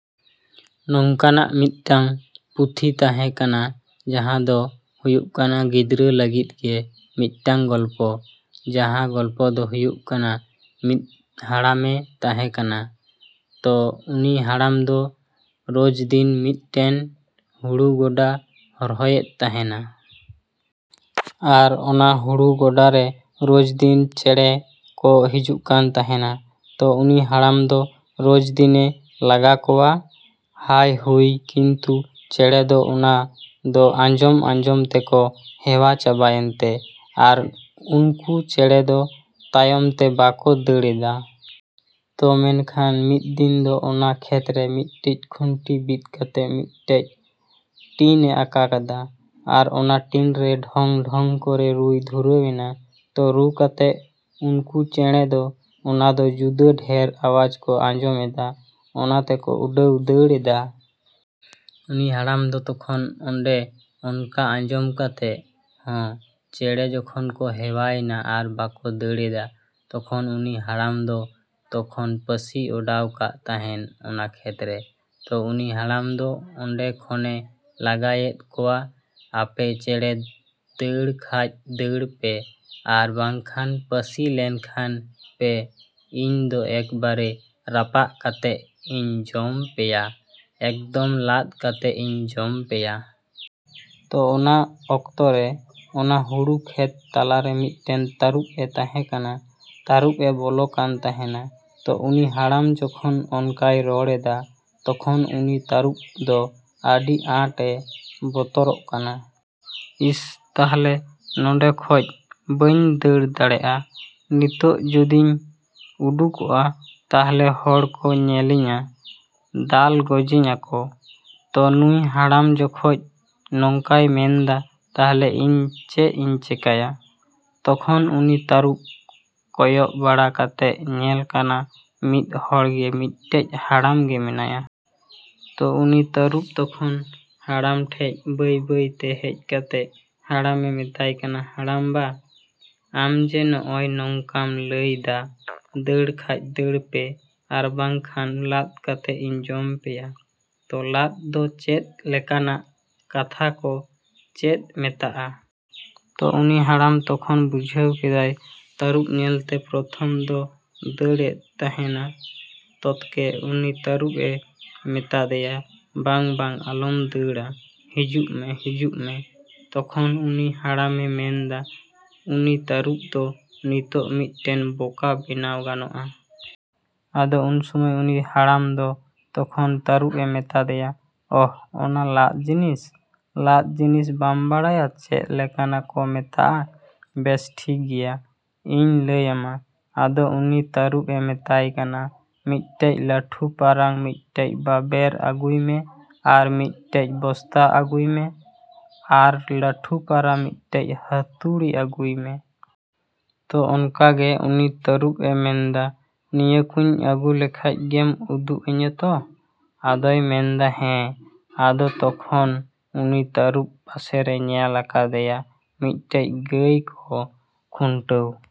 ᱱᱚᱝᱠᱟᱱᱟᱜ ᱢᱤᱫᱴᱟᱝ ᱯᱩᱛᱷᱤ ᱛᱟᱸᱦᱮ ᱠᱟᱱᱟ ᱡᱟᱸᱦᱟ ᱫᱚ ᱦᱩᱭᱩᱜ ᱠᱟᱱᱟ ᱜᱤᱫᱽᱨᱟᱹ ᱞᱟᱹᱜᱤᱫ ᱜᱮ ᱢᱤᱫᱴᱟᱝ ᱜᱚᱞᱯᱚ᱾ ᱡᱟᱸᱦᱟ ᱜᱚᱞᱯᱚ ᱫᱚ ᱦᱩᱭᱩᱜ ᱠᱟᱱᱟ ᱢᱤᱫ ᱦᱟᱲᱟᱢᱮ ᱛᱟᱸᱦᱮ ᱠᱟᱱᱟ᱾ ᱛᱚ ᱩᱱᱤ ᱦᱟᱲᱟᱢ ᱫᱚ ᱨᱳᱡᱽᱫᱤᱱ ᱢᱤᱫᱴᱮᱱ ᱦᱩᱲᱩ ᱜᱚᱰᱟ ᱦᱚᱨᱦᱚᱭᱮᱫ ᱛᱟᱸᱦᱮᱱᱟ᱾ ᱟᱨ ᱚᱱᱟ ᱦᱩᱲᱩ ᱜᱚᱰᱟᱨᱮ ᱨᱳᱡᱽᱫᱤᱱ ᱪᱮᱸᱬᱮ ᱠᱚ ᱦᱤᱡᱩᱜ ᱠᱟᱱ ᱛᱟᱸᱦᱮᱱᱟ᱾ ᱛᱚ ᱩᱱᱤ ᱦᱟᱲᱟᱢ ᱫᱚ ᱨᱳᱡᱽᱫᱤᱱᱮ ᱞᱟᱜᱟ ᱠᱚᱣᱟ ᱦᱟᱭᱼᱦᱩᱭ ᱠᱤᱱᱛᱩ ᱪᱮᱸᱬᱮ ᱫᱚ ᱚᱱᱟ ᱫᱚ ᱟᱸᱡᱚᱢ ᱟᱸᱡᱚᱢ ᱛᱮᱠᱚ ᱦᱮᱣᱟ ᱪᱟᱵᱟᱭᱮᱱ ᱛᱮ ᱟᱨ ᱩᱱᱠᱩ ᱪᱮᱸᱬᱮ ᱫᱚ ᱛᱟᱭᱚᱢᱛᱮ ᱵᱟᱠᱚ ᱫᱟᱹᱲ ᱮᱫᱟ᱾ ᱛᱚ ᱢᱮᱱᱠᱷᱟᱱ ᱢᱤᱫ ᱫᱤᱱ ᱫᱚ ᱚᱱᱟ ᱠᱷᱮᱛᱨᱮ ᱢᱤᱫᱴᱤᱡ ᱠᱷᱩᱱᱴᱤ ᱵᱤᱫ ᱠᱟᱛᱮᱜ ᱢᱤᱫᱴᱮᱡ ᱴᱤᱱ ᱮ ᱟᱸᱠᱟ ᱠᱟᱫᱟ᱾ ᱟᱨ ᱚᱱᱟ ᱴᱤᱱ ᱨᱮ ᱰᱷᱚᱝ ᱰᱷᱚᱝ ᱠᱚᱨᱮ ᱨᱩᱭ ᱫᱷᱩᱨᱟᱹᱣ ᱮᱱᱟ᱾ ᱛᱚ ᱨᱩ ᱠᱟᱛᱮᱜ ᱩᱱᱠᱩ ᱪᱮᱸᱬᱮ ᱫᱚ ᱚᱱᱟᱫᱚ ᱡᱩᱫᱟᱹ ᱰᱷᱮᱨ ᱟᱣᱟᱡ ᱠᱚ ᱟᱸᱡᱚᱢᱮᱫᱟ ᱚᱱᱟ ᱛᱮᱠᱚ ᱩᱰᱟᱹᱣ ᱫᱟᱹᱲ ᱮᱫᱟ᱾ ᱩᱱᱤ ᱦᱟᱲᱟᱢ ᱫᱚ ᱛᱚᱠᱷᱚᱱ ᱚᱱᱰᱮ ᱚᱱᱠᱟ ᱟᱸᱡᱚᱢ ᱠᱟᱛᱮᱜ ᱦᱚᱸ ᱪᱮᱸᱬᱮ ᱡᱚᱠᱷᱚᱱ ᱠᱚ ᱦᱮᱣᱟᱭᱮᱱᱟ ᱟᱨ ᱵᱟᱠᱚ ᱫᱟᱹᱲ ᱮᱫᱟ ᱛᱚᱠᱷᱚᱱ ᱩᱱᱤ ᱦᱟᱲᱟᱢ ᱫᱚ ᱛᱚᱠᱷᱚᱱ ᱯᱟᱹᱥᱤ ᱚᱰᱟᱣ ᱠᱟᱜ ᱛᱟᱸᱦᱮᱱ ᱚᱱᱟ ᱠᱷᱮᱛᱨᱮ᱾ ᱛᱚ ᱩᱱᱤ ᱦᱟᱲᱟᱢ ᱫᱚ ᱚᱸᱰᱮ ᱠᱷᱚᱱᱮ ᱞᱟᱜᱟᱭᱮᱫ ᱠᱚᱣᱟ ᱟᱯᱮ ᱪᱮᱸᱬᱮ ᱫᱟᱹᱲ ᱠᱷᱟᱡ ᱫᱟᱹᱲ ᱯᱮ ᱟᱨ ᱵᱟᱝᱠᱷᱟᱱ ᱯᱟᱹᱥᱤ ᱞᱮᱱᱠᱷᱟᱱ ᱯᱮ ᱤᱧ ᱫᱚ ᱮᱠᱵᱟᱨᱮ ᱨᱟᱯᱟᱜ ᱠᱟᱛᱮᱜ ᱤᱧ ᱡᱚᱢ ᱯᱮᱭᱟ ᱮᱠᱫᱚᱢ ᱞᱟᱫ ᱠᱟᱛᱮᱜ ᱤᱧ ᱡᱚᱢ ᱯᱮᱭᱟ᱾ ᱛᱚ ᱚᱱᱟ ᱚᱠᱛᱚ ᱨᱮ ᱚᱱᱟ ᱦᱩᱲᱩ ᱠᱷᱮᱛ ᱛᱟᱞᱟᱨᱮ ᱢᱤᱫᱴᱮᱱ ᱛᱟᱹᱨᱩᱵᱽ ᱮ ᱛᱟᱸᱦᱮ ᱠᱟᱱᱟ᱾ ᱛᱟᱹᱨᱩᱵᱽ ᱮ ᱵᱚᱞᱚ ᱠᱟᱱ ᱛᱟᱸᱦᱮᱱᱟ᱾ ᱛᱚ ᱩᱱᱤ ᱦᱟᱲᱟᱢ ᱡᱚᱠᱷᱚᱱ ᱚᱱᱠᱟᱭ ᱨᱚᱲ ᱮᱫᱟ ᱛᱚᱠᱷᱚᱱ ᱩᱱᱤ ᱛᱟᱹᱨᱩᱵᱽ ᱫᱚ ᱟᱹᱰᱤ ᱟᱸᱴ ᱮ ᱵᱚᱛᱚᱨᱚᱜ ᱠᱟᱱᱟ᱾ ᱤᱥ ᱛᱟᱦᱞᱮ ᱱᱚᱰᱮ ᱠᱷᱚᱡ ᱵᱟᱹᱧ ᱫᱟᱹᱲ ᱫᱟᱲᱮᱜᱼᱟ, ᱱᱤᱛᱚᱜ ᱡᱚᱫᱤᱧ ᱩᱰᱩᱠᱚᱜᱼᱟ ᱛᱟᱦᱞᱮ ᱦᱚᱲ ᱠᱚ ᱧᱮᱞᱤᱧᱟ, ᱫᱟᱞ ᱜᱚᱡᱤᱧ ᱟᱠᱚ᱾ ᱛᱚ ᱱᱩᱭ ᱦᱟᱲᱟᱢ ᱡᱚᱠᱷᱚᱡ ᱱᱚᱝᱠᱟᱭ ᱢᱮᱱᱫᱟ ᱛᱟᱦᱞᱮ ᱤᱧ ᱪᱮᱫ ᱤᱧ ᱪᱮᱠᱟᱭᱟ? ᱛᱚᱠᱷᱚᱱ ᱩᱱᱤ ᱛᱟᱹᱨᱩᱵᱽ ᱠᱚᱭᱚᱜ ᱵᱟᱲᱟ ᱠᱟᱛᱮᱜ ᱧᱮᱞ ᱠᱟᱱᱟ ᱢᱤᱫ ᱦᱚᱲᱜᱮ ᱢᱤᱫᱴᱮᱡ ᱦᱟᱲᱟᱢ ᱜᱮ ᱢᱮᱱᱟᱭᱟ᱾ ᱛᱚ ᱩᱱᱤ ᱛᱟᱹᱨᱩᱵᱽ ᱛᱚᱠᱷᱚᱱ ᱦᱟᱲᱟᱢ ᱴᱷᱮᱡ ᱵᱟᱹᱭᱼᱵᱟᱹᱭᱛᱮ ᱦᱮᱡ ᱠᱟᱛᱮᱜ ᱦᱟᱲᱟᱢᱮ ᱢᱮᱛᱟᱭ ᱠᱟᱱᱟ, ᱦᱟᱲᱟᱢ ᱵᱟ ᱟᱢᱡᱮ ᱱᱚᱜᱼᱚᱭ ᱱᱚᱝᱠᱟᱢ ᱞᱟᱹᱭ ᱫᱟ ᱫᱟᱹᱲ ᱠᱷᱟᱡ ᱫᱟᱹᱲ ᱯᱮ ᱟᱨ ᱵᱟᱝᱠᱷᱟᱱ ᱞᱟᱫ ᱠᱟᱛᱮᱜ ᱤᱧ ᱡᱚᱢ ᱯᱮᱭᱟ ᱛᱚ ᱞᱟᱫ ᱫᱚ ᱪᱮᱫ ᱞᱮᱠᱟᱱᱟᱜ ᱠᱟᱛᱷᱟ ᱠᱚ ᱪᱮᱫ ᱢᱮᱛᱟᱜᱼᱟ? ᱛᱚ ᱩᱱᱤ ᱦᱟᱲᱟᱢ ᱛᱚᱠᱷᱚᱱ ᱵᱩᱡᱷᱟᱹᱣ ᱠᱮᱫᱟᱭ ᱛᱟᱹᱨᱩᱵᱽ ᱧᱮᱞᱛᱮ ᱯᱨᱚᱛᱷᱚᱢ ᱫᱚ ᱫᱟᱹᱲ ᱮᱫ ᱛᱟᱸᱦᱮᱱᱟ ᱛᱚᱛᱠᱮ ᱩᱱᱤ ᱛᱟᱹᱨᱩᱵᱽ ᱮ ᱢᱮᱛᱟᱫᱮᱭᱟ ᱵᱟᱝ ᱵᱟᱝ ᱟᱞᱚᱢ ᱫᱟᱹᱲᱟ ᱦᱤᱡᱩᱜ ᱢᱮ ᱦᱤᱡᱩᱜ ᱢᱮ᱾ ᱛᱚᱠᱷᱚᱱ ᱩᱱᱤ ᱦᱟᱲᱟᱢᱮ ᱢᱮᱱᱫᱟ ᱩᱱᱤ ᱛᱟᱹᱨᱩᱵᱽ ᱫᱚ ᱱᱤᱛᱚᱜ ᱢᱤᱫᱴᱮᱱ ᱵᱚᱠᱟ ᱵᱮᱱᱟᱣ ᱜᱟᱱᱚᱜᱼᱟ᱾ ᱟᱫᱚ ᱩᱱ ᱥᱚᱢᱚᱭ ᱩᱱᱤ ᱦᱟᱲᱟᱢ ᱫᱚ ᱛᱚᱠᱷᱚᱱ ᱛᱟᱹᱨᱩᱵᱽ ᱮ ᱢᱮᱛᱟ ᱫᱮᱭᱟ ᱚᱦ ᱚᱱᱟ ᱞᱟᱫ ᱡᱤᱱᱤᱥ, ᱞᱟᱫ ᱡᱤᱱᱤᱥ ᱵᱟᱢ ᱵᱟᱲᱟᱭᱟ ᱪᱮᱫ ᱞᱮᱠᱟᱱᱟ ᱠᱚ ᱢᱮᱛᱟᱜᱼᱟ, ᱵᱮᱥ ᱴᱷᱤᱠ ᱜᱮᱭᱟ ᱤᱧ ᱞᱟᱹᱭ ᱟᱢᱟ᱾ ᱟᱫᱚ ᱩᱱᱤ ᱛᱟᱹᱨᱩᱵᱽ ᱮ ᱢᱮᱛᱟᱭ ᱠᱟᱱᱟ ᱢᱤᱫᱴᱮᱡ ᱞᱟᱹᱴᱷᱩ ᱯᱟᱨᱟᱝ ᱢᱤᱫᱴᱮᱡ ᱵᱟᱵᱮᱨ ᱟᱹᱜᱩᱭ ᱢᱮ ᱟᱨ ᱢᱤᱫᱴᱮᱡ ᱵᱚᱥᱛᱟ ᱟᱹᱜᱩᱭ ᱢᱮ, ᱟᱨ ᱞᱟᱹᱴᱷᱩ ᱯᱟᱨᱟ ᱢᱤᱫᱴᱮᱡ ᱦᱟᱹᱛᱩᱲᱤ ᱟᱹᱜᱩᱭ ᱢᱮ᱾ ᱛᱚ ᱚᱱᱠᱟ ᱜᱮ ᱩᱱᱤ ᱛᱟᱹᱨᱩᱵᱽ ᱮ ᱢᱮᱱᱫᱟ ᱱᱤᱭᱟᱹᱠᱩᱧ ᱟᱹᱜᱩ ᱞᱮᱠᱷᱟᱡ ᱜᱮᱢ ᱩᱫᱩᱜ ᱟᱹᱧᱟ ᱛᱚ᱾ ᱟᱫᱚᱭ ᱢᱮᱱᱫᱟ ᱦᱮᱸ ᱟᱫᱚ ᱛᱚᱠᱷᱚᱱ ᱩᱱᱤ ᱛᱟᱹᱨᱩᱵᱽ ᱯᱟᱥᱮᱨᱮ ᱧᱮᱞ ᱟᱠᱟᱫᱮᱭᱟ ᱢᱤᱫᱴᱮᱡ ᱜᱟᱹᱭ ᱠᱚ ᱠᱷᱩᱱᱴᱟᱹᱣᱼᱼ